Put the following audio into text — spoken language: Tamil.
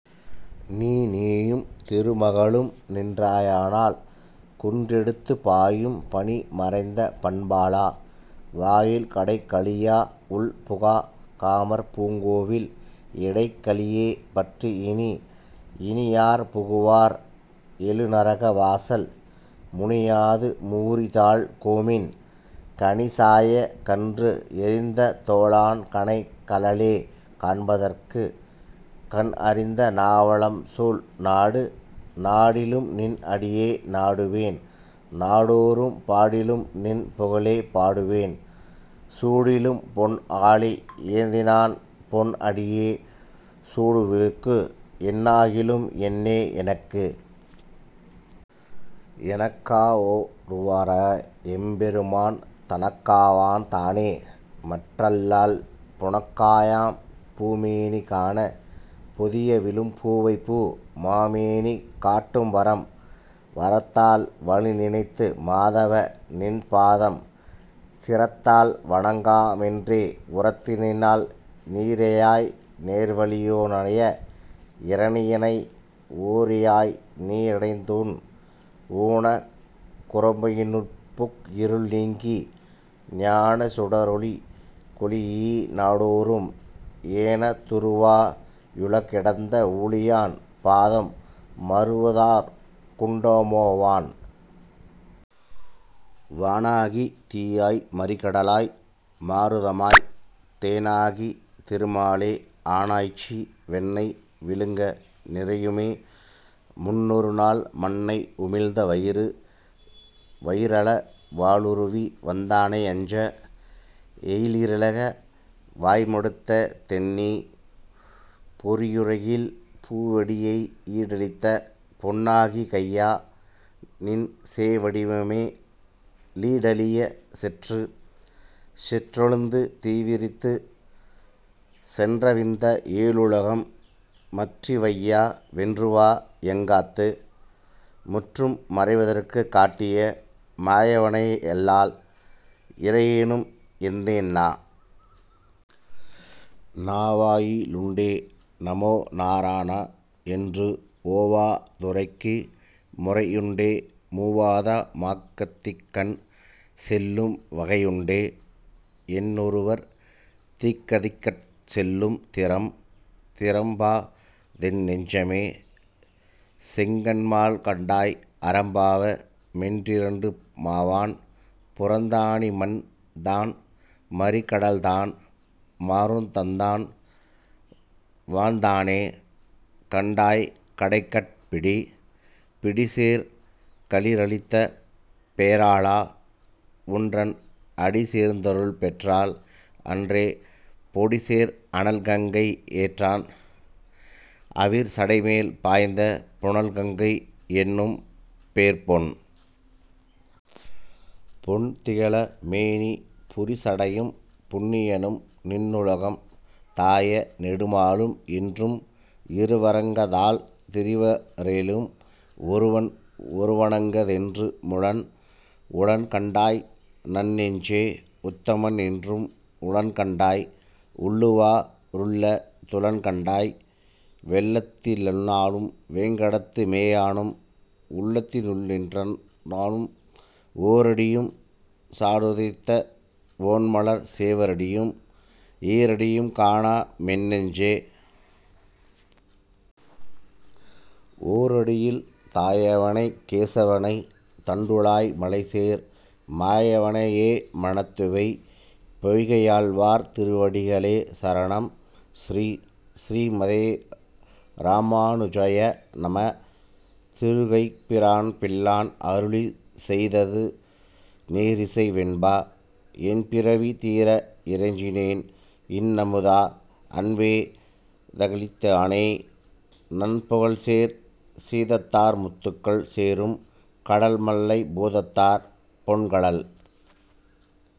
நீ. நீயும் திருமகளும் நின்றாயானால், குன்றெடுத்துப் பாயும் பனிமறைந்த பண்பாளா, வாயில் கடைகழியா வுள்புகாக் காமர்பூங் கோவில் இடைகழியே பற்றி யினி. இனியார் புகுவா ரெழுநரக வாசல்? முனியாது மூரித்தாள் கோமின், கனிசாயக் கன்றெறிந்த தோளான் கனைகழலே காண்பதற்கு, கன்அறிந்த நாவலம்சூழ் நாடு. நாடிலும் நின்னடியே நாடுவேன் நாடோ றும் பாடிலும் நின்புகழே பாடுவேன், சூடிலும் பொன் ஆழி யேந்தினான் பொன்னடியே சூடுவேற்கு, என்னாகிலும் லென்னே எனக்கு? எனக்காவொ ருவார, எம்பெருமான் தனக்காவான் தானேமற் றல்லால், புனக்காயாம் பூமேனி காணப் பொதியவிழும் பூவைப்பூ, மாமேனி காட்டும் வரம். வரத்தால் வலிநினைந்து மாதவ. நின் பாதம், சிரத்தால் வணங்கானா மென்றே, உரத்தினால் ஈரரியாய் நேர்வலியோ னாய இரணியனை, ஓரியாய் நீயிடந்த தூன்? ஊனக் குரம்பையி னுள்புக் கிருள்நீக்கி, ஞானச் சுடர்ஒளீஇ நாடோ றும், ஏனத் துருவா யுலகிடந்த வூழியான் பாதம், மருவதார்க் குண்டாமோ வான்? வானாகித் தீயாய் மறிகடலாய் மாருதமாய் தேனாகிப் திருமாலே, ஆனாய்ச்சி வெண்ணெய் விழுங்க நிறையுமே, முன்னொருநாள் மண்ணை உமிழ்ந்த வயிறு? வயிறழல வாளுருவி வந்தானை யஞ்ச எயிறிலக வாய்மடுத்த தென்நீ, பொறியுரகில் பூவடியை யீடழித்த பொன்னாழிக் கையா, நின் சேவடிவமே லீடழியச் செற்று? செற்றொழுந்து தீவிழித்துச் சென்றவிந்த ஏழுலகும், மற்றிவையா வென்றுவா யங்காந்து, முற்றும் மறையவற்குக் காட்டிய மாயவனை யல்லால், இறையேனும் எந்தென் நா. நாவாயி லுண்டே நமோநார ணா என்று, ஓவா துரைக்கு முரையுண்டே, மூவாதா மக்கதிக்கண் செல்லும் வகையுண்டே, என்னொருவர் தீக்கதிக்கட் செல்லும் திறம்? திறம்பாதென் னெஞ்சமே. செங்கண்மால் கண்டாய், அறம்பாவ மென்றிரண்டு மாவான், புறந்தானிம் மண்தான் மறிகடல்தான் மாருதந்தான், வான்தானே, கண்டாய் கடைக்கட் பிடி. பிடிசேர் களிறளித்த பேராளா, உன்றன் அடிசேர்ந் தருள்பெற்றாள் அன்றே, பொடிசேர் அனல்கங்கை யேற்றான் அவிர்சடைமேல் பாய்ந்த, புனல்கங்கை யென்னும்பேர்ப் பொன்? பொன்திகழ மேனிப் புரிசடையம் புண்ணியனும், நின்றுலகம் தாய நெடுமாலும், என்றும் இருவரங்கத் தால்திரிவ ரேலும், ஒருவன் ஒருவனங்கத் தென்று முளன். உளன்கண்டாய் நன்னெஞ்சே. உத்தமன் என்றும் உளன்கண்டாய், உள்ளூவா ருள்ளத் துளன்கண்டாய், வெள்ளத்தி னுள்ளானும் வேங்கடத்து மேயானும், உள்ளத்தி னுள்ளனென் றோர். ஓரடியும் சாடுதைத்த ஒண்மலர்ச் சேவடியும், ஈரடியும் காணலா மென்னெஞ்சே. ஓரடியில் தாயவனைக் கேசவனைத் தண்டுழாய் மாலைசேர், மாயவனை யேமனத்து வை. பொய்கையாழ்வார் திருவடிகளே சரணம் ஸ்ரீ: ஸ்ரீமதே ராமானுஜாய நம: திருகுருகைப்பிரான் பிள்ளான் அருளிச் செய்தது நேரிசை வெண்பா என்பிறவி தீர இறைஞ்சினேன் இன்னமுதா அன்பே யளித்தானை, நன்புகழ்சேர் சீதத்தார் முத்துகள் சேரும் கடல்மல்லைப் பூதத்தார் பொன்னங்கழல்.